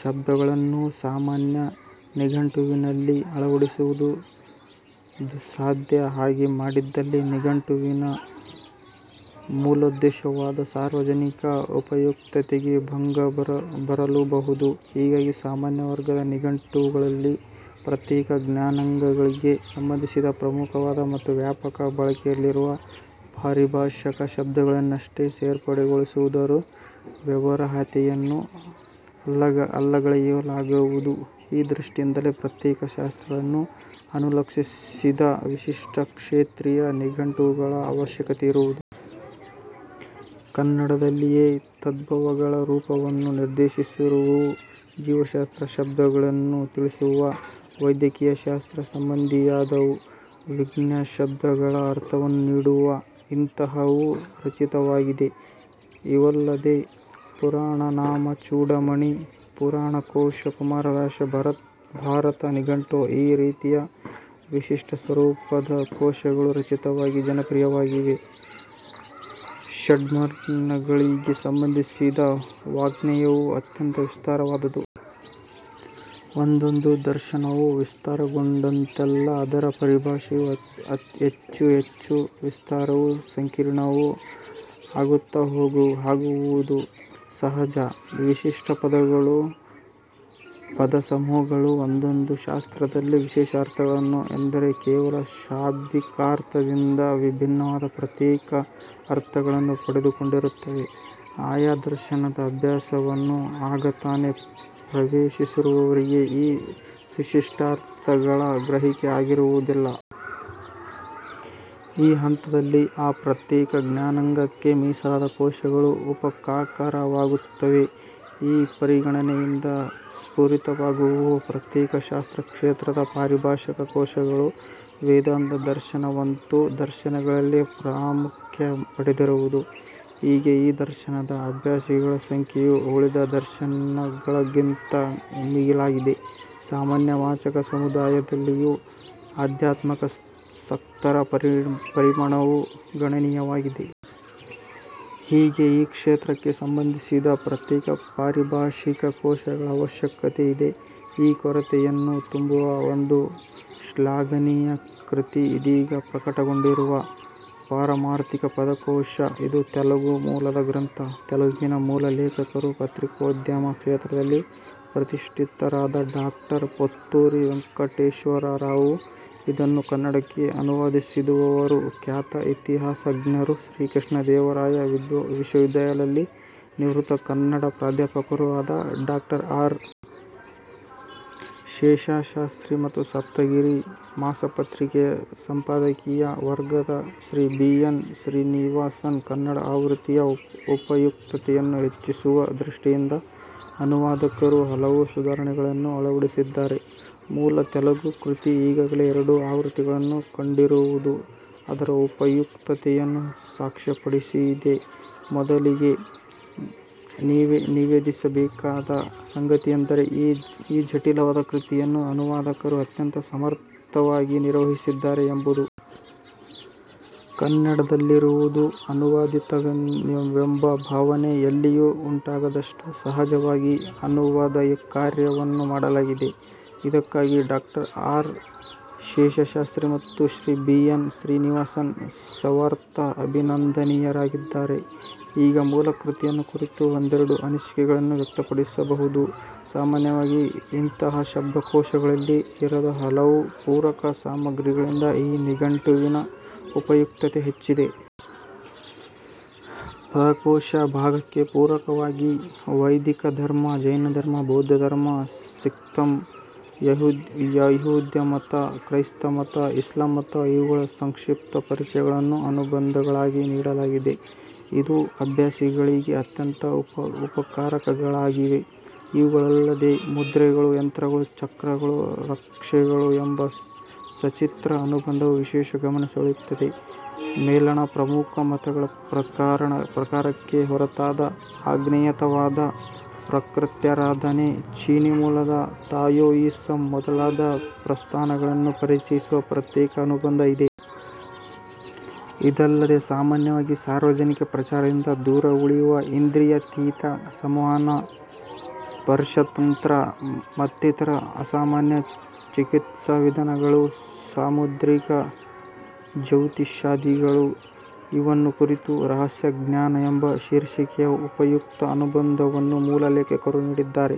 ಶಬ್ದಗಳನ್ನೂ ಸಾಮಾನ್ಯ ನಿಘಂಟುವಿನಲ್ಲಿ ಅಳವಡಿಸುವುದು ದುಃಸಾಧ್ಯ. ಹಾಗೆ ಮಾಡಿದಲ್ಲಿ ನಿಘಂಟುವಿನ ಮೂಲೋದ್ದೇಶವಾದ ಸಾರ್ವಜನಿಕ ಉಪಯುಕ್ತತೆಗೆ ಭಂಗ ಬರಲೂಬಹುದು. ಹೀಗಾಗಿ ಸಾಮಾನ್ಯವರ್ಗದ ನಿಘಂಟುಗಳಲ್ಲಿ ಪ್ರತ್ಯೇಕ ಜ್ಞಾನಾಂಗಗಳಿಗೆ ಸಂಬಂಧಿಸಿದ ಪ್ರಮುಖವಾದ ಮತ್ತು ವ್ಯಾಪಕ ಬಳಕೆಯಲ್ಲಿರುವ ಪಾರಿಭಾಷಿಕ ಶಬ್ದಗಳನ್ನಷ್ಟೆ ಸೇರ್ಪಡೆಗೊಳಿಸುವುದರ ವ್ಯವಹಾರ್ಯತೆಯನ್ನು ಅಲ್ಲಗಳೆಯಲಾಗದು. ಈ ದೃಷ್ಟಿಯಿಂದಲೇ ಪ್ರತ್ಯೇಕ ಶಾಸ್ತ್ರಗಳನ್ನು ಅನುಲಕ್ಷಿಸಿದ ವಿಶಿಷ್ಟ ಕ್ಷೇತ್ರೀಯ ನಿಘಂಟುಗಳ ಆವಶ್ಯಕತೆ ಇರುವುದು. ಕನ್ನಡದಲ್ಲಿಯೆ ತದ್ಭವಗಳ ರೂಪವನ್ನು ನಿರ್ದೇಶಿಸಿರುವವು, ಜೀವಶಾಸ್ತ್ರ ಶಬ್ದಗಳನ್ನು ತಿಳಿಸುವವು, ವೈದ್ಯಕೀಯಶಾಸ್ತ್ರ ಸಂಬಂಧಿಯಾದವು, ವಿಜ್ಞಾನಶಬ್ದಗಳ ಅರ್ಥವನ್ನು ನೀಡುವವು – ಇಂತಹವು ರಚಿತವಾಗಿವೆ. ಇವಲ್ಲದೆ ಪುರಾಣನಾಮಚೂಡಾಮಣಿ, ಪುರಾಣಕೋಶ, ಕುಮಾರವ್ಯಾಸ ಭಾರತ ನಿಘಂಟು – ಈ ರೀತಿಯ ವಿಶಿಷ್ಟಸ್ವರೂಪದ ಕೋಶಗಳೂ ರಚಿತವಾಗಿ ಜನಪ್ರಿಯವಾಗಿವೆ. ಷಡ್ದರ್ಶನಗಳಿಗೆ ಸಂಬಂಧಿಸಿದ ವಾಙ್ಮಯವು ಅತ್ಯಂತ ವಿಸ್ತಾರವಾದುದು. ಒಂದೊಂದು ದರ್ಶನವೂ ವಿಸ್ತಾರಗೊಂಡಂತೆಲ್ಲ ಅದರ ಪರಿಭಾಷೆಯೂ ಹೆಚ್ಚುಹೆಚ್ಚು ವಿಸ್ತಾರವೂ ಸಂಕೀರ್ಣವೂ ಆಗುತ್ತಹೋಗುವುದು ಸಹಜ. ವಿಶಿಷ್ಟ ಪದಗಳೂ ಪದಸಮೂಹಗಳೂ ಒಂದೊಂದು ಶಾಸ್ತ್ರದಲ್ಲಿ ವಿಶೇಷ ಅರ್ಥಗಳನ್ನು – ಎಂದರೆ ಕೇವಲ ಶಾಬ್ದಿಕಾರ್ಥದಿಂದ ಭಿನ್ನವಾದ ಪ್ರತ್ಯೇಕ ಅರ್ಥಗಳನ್ನು – ಪಡೆದುಕೊಂಡಿರುತ್ತವೆ. ಆಯಾ ದರ್ಶನದ ಅಭ್ಯಾಸವನ್ನು ಆಗತಾನೇ ಪ್ರವೇಶಿಸಿರುವವರಿಗೆ ಈ ವಿಶಿಷ್ಟಾರ್ಥಗಳ ಗ್ರಹಿಕೆ ಆಗಿರುವುದಿಲ್ಲ. ಈ ಹಂತದಲ್ಲಿ ಆ ಪ್ರತ್ಯೇಕ ಜ್ಞಾನಾಂಗಕ್ಕೇ ಮೀಸಲಾದ ಕೋಶಗಳು ಉಪಕಾರಕವಾಗುತ್ತವೆ. ಈ ಪರಿಗಣನೆಯಿಂದ ಸ್ಫುರಿತವಾಗುವವು ಪ್ರತ್ಯೇಕ ಶಾಸ್ತ್ರಕ್ಷೇತ್ರದ ಪಾರಿಭಾಷಿಕ ಕೋಶಗಳು. ವೇದಾಂತ ದರ್ಶನವಂತೂ ದರ್ಶನಗಳಲ್ಲಿ ಪ್ರಾಮುಖ್ಯ ಪಡೆದಿರುವುದು. ಹೀಗೆ ಈ ದರ್ಶನದ ಅಭ್ಯಾಸಿಗಳ ಸಂಖ್ಯೆಯು ಉಳಿದ ದರ್ಶನಗಳದ್ದಕ್ಕಿಂತ ಮಿಗಿಲಾಗಿದೆ. ಸಾಮಾನ್ಯ ವಾಚಕ ಸಮುದಾಯದಲ್ಲಿಯೂ ಅಧ್ಯಾತ್ಮಾಸಕ್ತರ ಪರಿಮಾಣವು ಗಣನೀಯವಾಗಿದೆ. ಹೀಗೆ ಈ ಕ್ಷೇತ್ರಕ್ಕೇ ಸಂಬಂಧಿಸಿದ ಪ್ರತ್ಯೇಕ ಪಾರಿಭಾಷಿಕ ಕೋಶಗಳ ಆವಶ್ಯಕತೆ ಇದೆ. ಈ ಕೊರತೆಯನ್ನು ತುಂಬುವ ಒಂದು ಶ್ಲಾಘನೀಯ ಕೃತಿ ಇದೀಗ ಪ್ರಕಟಗೊಂಡಿರುವ 'ಪಾರಮಾರ್ಥಿಕ ಪದಕೋಶ'. ಇದು ತೆಲುಗು ಮೂಲದ ಗ್ರಂಥ. ತೆಲುಗಿನ ಮೂಲಲೇಖಕರು ಪತ್ರಿಕೋದ್ಯಮ ಕ್ಷೇತ್ರದಲ್ಲಿ ಪ್ರತಿಷ್ಠಿತರಾದ ಡಾ ಪೊತ್ತೂರಿ ವೆಂಕಟೇಶ್ವರರಾವು. ಇದನ್ನು ಕನ್ನಡಕ್ಕೆ ಅನುವಾದಿಸಿರುವವರು ಖ್ಯಾತ ಇತಿಹಾಸಜ್ಞರೂ ಶ್ರೀಕೃಷ್ಣದೇವರಾಯ ವಿಶ್ವವಿದ್ಯಾಲಯದ ನಿವೃತ್ತ ಕನ್ನಡ ಪ್ರಾಧ್ಯಾಪಕರೂ ಆದ ಡಾ ಆರ್. ಶೇಷಶಾಸ್ತ್ರೀ ಮತ್ತು 'ಸಪ್ತಗಿರಿ' ಮಾಸಪತ್ರಿಕೆಯ ಸಂಪಾದಕೀಯ ವರ್ಗದ ಶ್ರೀ ಬಿ. ಎನ್. ಶ್ರೀನಿವಾಸನ್. ಕನ್ನಡ ಆವೃತ್ತಿಯ ಉಪಯುಕ್ತತೆಯನ್ನು ಹೆಚ್ಚಿಸುವ ದೃಷ್ಟಿಯಿಂದ ಅನುವಾದಕರು ಹಲವು ಸುಧಾರಣೆಗಳನ್ನು ಅಳವಡಿಸಿದ್ದಾರೆ. ಮೂಲ ತೆಲುಗು ಕೃತಿ ಈಗಾಗಲೇ ಎರಡು ಆವೃತ್ತಿಗಳನ್ನು ಕಂಡಿರುವುದು ಅದರ ಉಪಯುಕ್ತತೆಯನ್ನು ಸಾಕ್ಷ್ಯಪಡಿಸಿದೆ. ಮೊದಲಿಗೇ ನಿವೇದಿಸಬೇಕಾದ ಸಂಗತಿಯೆಂದರೆ ಈ ಜಟಿಲವಾದ ಕೃತಿಯನ್ನು ಅನುವಾದಕರು ಅತ್ಯಂತ ಸಮರ್ಥವಾಗಿ ನಿರ್ವಹಿಸಿದ್ದಾರೆ ಎಂಬುದು. ಕನ್ನಡದಲ್ಲಿರುವುದು ಅನುವಾದಿತವೆಂಬ ಭಾವನೆ ಎಲ್ಲಿಯೂ ಉಂಟಾಗದಷ್ಟು ಸಹಜವಾಗಿ ಅನುವಾದಕಾರ್ಯವನ್ನು ಮಾಡಲಾಗಿದೆ. ಇದಕ್ಕಾಗಿ ಡಾ ಆರ್. ಶೇಷಶಾಸ್ತ್ರೀ ಮತ್ತು ಶ್ರೀ ಬಿ. ಎನ್. ಶ್ರೀನಿವಾಸನ್ ಸರ್ವಥಾ ಅಭಿನಂದನೀಯರಾಗಿದ್ದಾರೆ. ಈಗ ಮೂಲಕೃತಿಯನ್ನು ಕುರಿತು ಒಂದೆರಡು ಅನಿಸಿಕೆಗಳನ್ನು ವ್ಯಕ್ತಮಾಡಬಹುದು. ಸಾಮಾನ್ಯವಾಗಿ ಇಂತಹ ಶಬ್ದಕೋಶಗಳಲ್ಲಿ ಇರದ ಹಲವು ಪೂರಕ ಸಾಮಗ್ರಿಗಳಿಂದ ಈ ನಿಘಂಟುವಿನ ಉಪಯುಕ್ತತೆ ಹೆಚ್ಚಿದೆ. ಪದಕೋಶ ಭಾಗಕ್ಕೆ ಪೂರಕವಾಗಿ ವೈದಿಕಧರ್ಮ, ಜೈನಧರ್ಮ, ಬೌದ್ಧಧರ್ಮ, ಸಿಖ್ಮತ, ಯಹೂದ್ಯಮತ, ಕ್ರೈಸ್ತಮತ, ಇಸ್ಲಾಂಮತ – ಇವುಗಳ ಸಂಕ್ಷಿಪ್ತ ಪರಿಚಯಗಳನ್ನು ಅನುಬಂಧಗಳಾಗಿ ನೀಡಲಾಗಿದೆ. ಇದು ಅಭ್ಯಾಸಿಗಳಿಗೆ ಅತ್ಯಂತ ಉಪಕಾರಕಗಳಾಗಿವೆ. ಇವುಗಳಲ್ಲದೆ 'ಮುದ್ರೆಗಳು, ಯಂತ್ರಗಳು, ಚಕ್ರಗಳು, ರಕ್ಷೆಗಳು' ಎಂಬ ಸಚಿತ್ರ ಅನುಬಂಧವು ವಿಶೇಷ ಗಮನ ಸೆಳೆಯುತ್ತದೆ. ಮೇಲಣ ಪ್ರಮುಖ ಮತಗಳ ಪ್ರಾಕಾರಕ್ಕೆ ಹೊರತಾದ ಅಜ್ಞೇಯತಾವಾದ, ಪ್ರಕೃತ್ಯಾರಾಧನೆ, ಚೀನೀ ಮೂಲದ ತಾವೋಯಿಸಂ ಮೊದಲಾದ ಪ್ರಸ್ಥಾನಗಳನ್ನು ಪರಿಚಯಿಸುವ ಪ್ರತ್ಯೇಕ ಅನುಬಂಧ ಇದೆ. ಇದಲ್ಲದೆ ಸಾಮಾನ್ಯವಾಗಿ ಸಾರ್ವಜನಿಕ ಪ್ರಚಾರದಿಂದ ದೂರ ಉಳಿಯುವ ಇಂದ್ರಿಯಾತೀತ ಸಂವಹನ, ಸ್ಪರ್ಶತಂತ್ರ ಮತ್ತಿತರ ಅಸಾಮಾನ್ಯ ಚಿಕಿತ್ಸಾವಿಧಾನಗಳು, ಸಾಮುದ್ರಿಕ ಜ್ಯೌತಿಷಾದಿಗಳು – ಇವನ್ನು ಕುರಿತ 'ರಹಸ್ಯ ಜ್ಞಾನ' ಎಂಬ ಶೀರ್ಷಿಕೆಯ ಉಪಯುಕ್ತ ಅನುಬಂಧವನ್ನೂ ಮೂಲಲೇಖಕರು ನೀಡಿದ್ದಾರೆ.